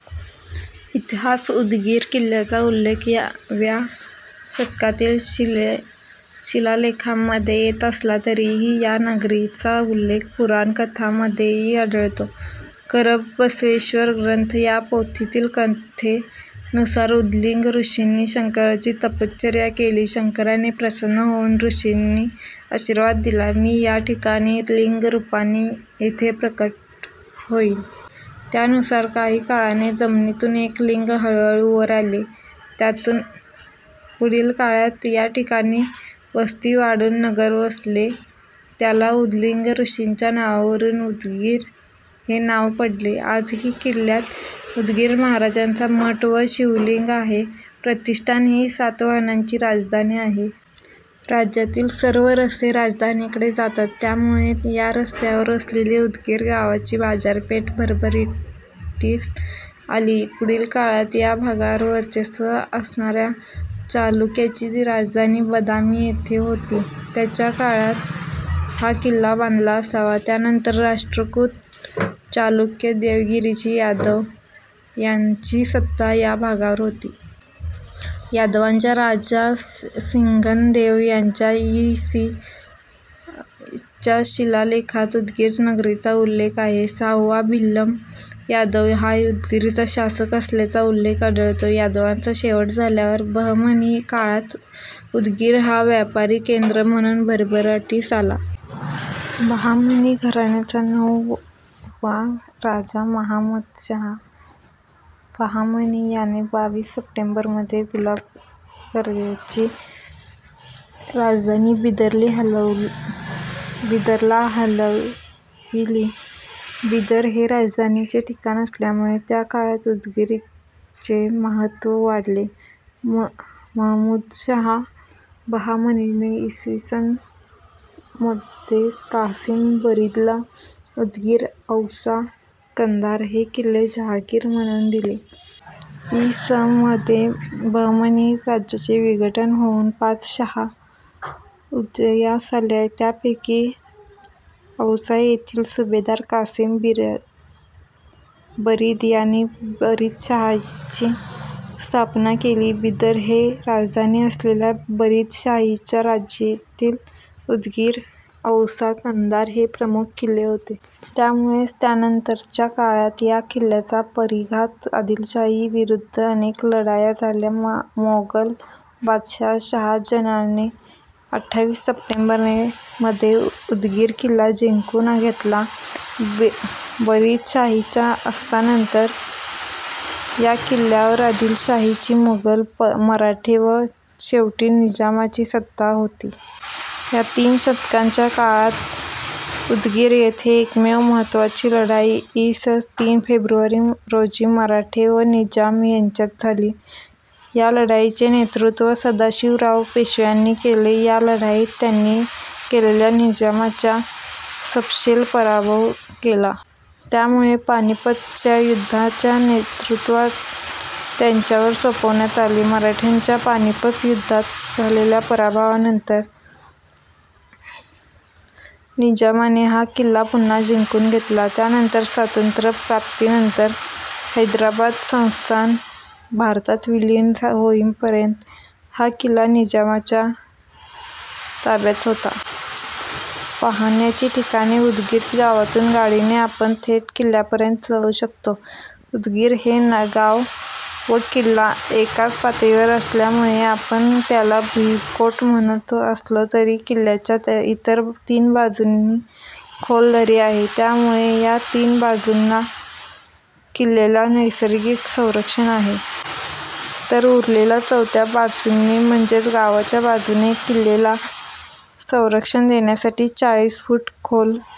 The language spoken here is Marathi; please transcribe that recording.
इतिहास उदगिर किल्ल्याचा उल्लेख व्या शतकातील शिलालेखांमध्ये येत असला तरीही या नगरीचा उल्लेख पूराण कथांमध्येही आढळतो. करबसवेश्वर ग्रंथ या पोथीतील कथे नुसार उदलिंग ॠषींनी शंकराची तपश्चर्या केली. शंकराने प्रसन्न होऊन ॠषींनी आशिर्वाद दिला, मी या ठिकाणी लिंग रुपाने येथे प्रगट होईन. त्यानुसार काही काळाने जमिनीतून एक लिंग हळूहळू वर आले. पुढील काळात याठिकाणी वस्ती वाढून नगर वसले त्याला उदलिंग ॠषींच्या नावावरून उदगीर हे नाव पडले. आजही किल्ल्यात उदगिर महाराजांचा मठ व शिवलिंग आहे. प्रतिष्ठाण ही सातवाहनांची राजधानी होती. राज्यातील सर्व रस्ते राजधानीकडे जातात. त्यामुळे या रस्त्यावर असलेल्या उदगीर गावाची बाजारपेठ भरभराटीस आली. पुढील काळात या भागावर वर्चस्व असणार्या चालुक्यांची राजधानी बदामी येथे होती, त्यांच्या काळात हा किल्ला बांधला असावा. त्यानंतर राष्टकुट, चालुक्य, देवगिरीचे यादव यांची सत्ता या भागावर होती. यादवांच्या राजा सिंघनदेव यांच्या इ. स. च्या शिलालेखात उदगीर नगरीचा उल्लेख आहे. सहावा भिल्लम यादव हा उदगीरचा शासक असल्याचा उल्लेख आढळतो. यादवांचा शेवट झाल्यावर बहमनी काळात उदगीर हे व्यापारी केंद्र म्हणून भरभराटीस आले. बहामनी घराण्याचा नऊ वा राजा महमदशहा बहामनी याने बावीस सप्टेंबर मध्ये गुलबर्ग्याची राजधानी बिदरला हलविली. बिदर हे राजधानीचे ठिकाण असल्यामुळे त्या काळात उदगीरचे महत्व वाढले. महमुदशहा बहामनीने इ. स. मध्ये कासीम बरीदला उदगीर, औसा, कंधार हे किल्ले जहागिर म्हणून दिले. इ. स. मध्ये बहमनी राज्याचे विघटन होऊन पाच शाह्या उदयास आल्या. त्यापैकी औसा येथील सुभेदार कासीम बरीद याने बरीदशाहीची स्थापना केली. बिदर हि राजधानी असलेल्या बरीदशाहीच्या राज्यातील उदगीर, औसा, कंधार हे प्रमुख किल्ले होते. त्यामुळेच त्यानंतरच्या काळात या किल्ल्यांच्या परीघात आदिलशाही विरुध्द अनेक लढाया झाल्या. मोगल बादशहा शहाजहानने अठ्ठावीस सप्टेंबर मध्ये उदगीर किल्ला जिंकून घेतला. बरीदशाहीच्या अस्तानंतर या किल्ल्यावर आदिलशाही, मुघल, मराठे व शेवटी निजामाची सत्ता होती. या तीन शतकांच्या काळात उदगीर येथे एकमेव महत्वाची लढाई इ. स. तीन फेब्रुवारी रोजी मराठे व निजाम यांच्यात झाली. या लढाईचे नेतृत्व सदाशिवराव पेशव्यांनी केले. या लढाईत त्यांनी केलेल्या निजामाच्या सपशेल पराभव केला. त्यामूळे पानिपतच्या युध्दाच्या नेतृत्व त्यांच्यावर सोपवण्यात आले. मराठ्यांच्या पानिपतच्या युध्दात झालेल्या परभवा नंतर निजामाने हा किल्ला पुन्हा जिंकून घेतला. त्यानंतर स्वातंत्र्य प्राप्ती नंतर हैद्राबाद संस्थान भारतात विलिन होईपर्यंत हा किल्ला निजामाच्या ताब्यात होता. पहाण्याची ठिकाणे उदगीर गावातून गाडीने आपण थेट किल्ल्यापर्यंत जाऊ शकतो. उदगीर गाव व किल्ला एकाच पातळीवर असल्यामूळे आपण त्याला भूईकोट म्हणत असलो तरी, किल्ल्याच्या इतर तीन बाजूंनी खोल दरी आहे. त्यामूळे या तीन बाजूंनी किल्ल्याला नैसर्गिक संरक्षण आहे. तर उरलेल्या चौथ्या बाजूने म्हणजेच गावाच्या बाजूने किल्ल्याला संरक्षण देण्यासाठी चाळीस फूट खोल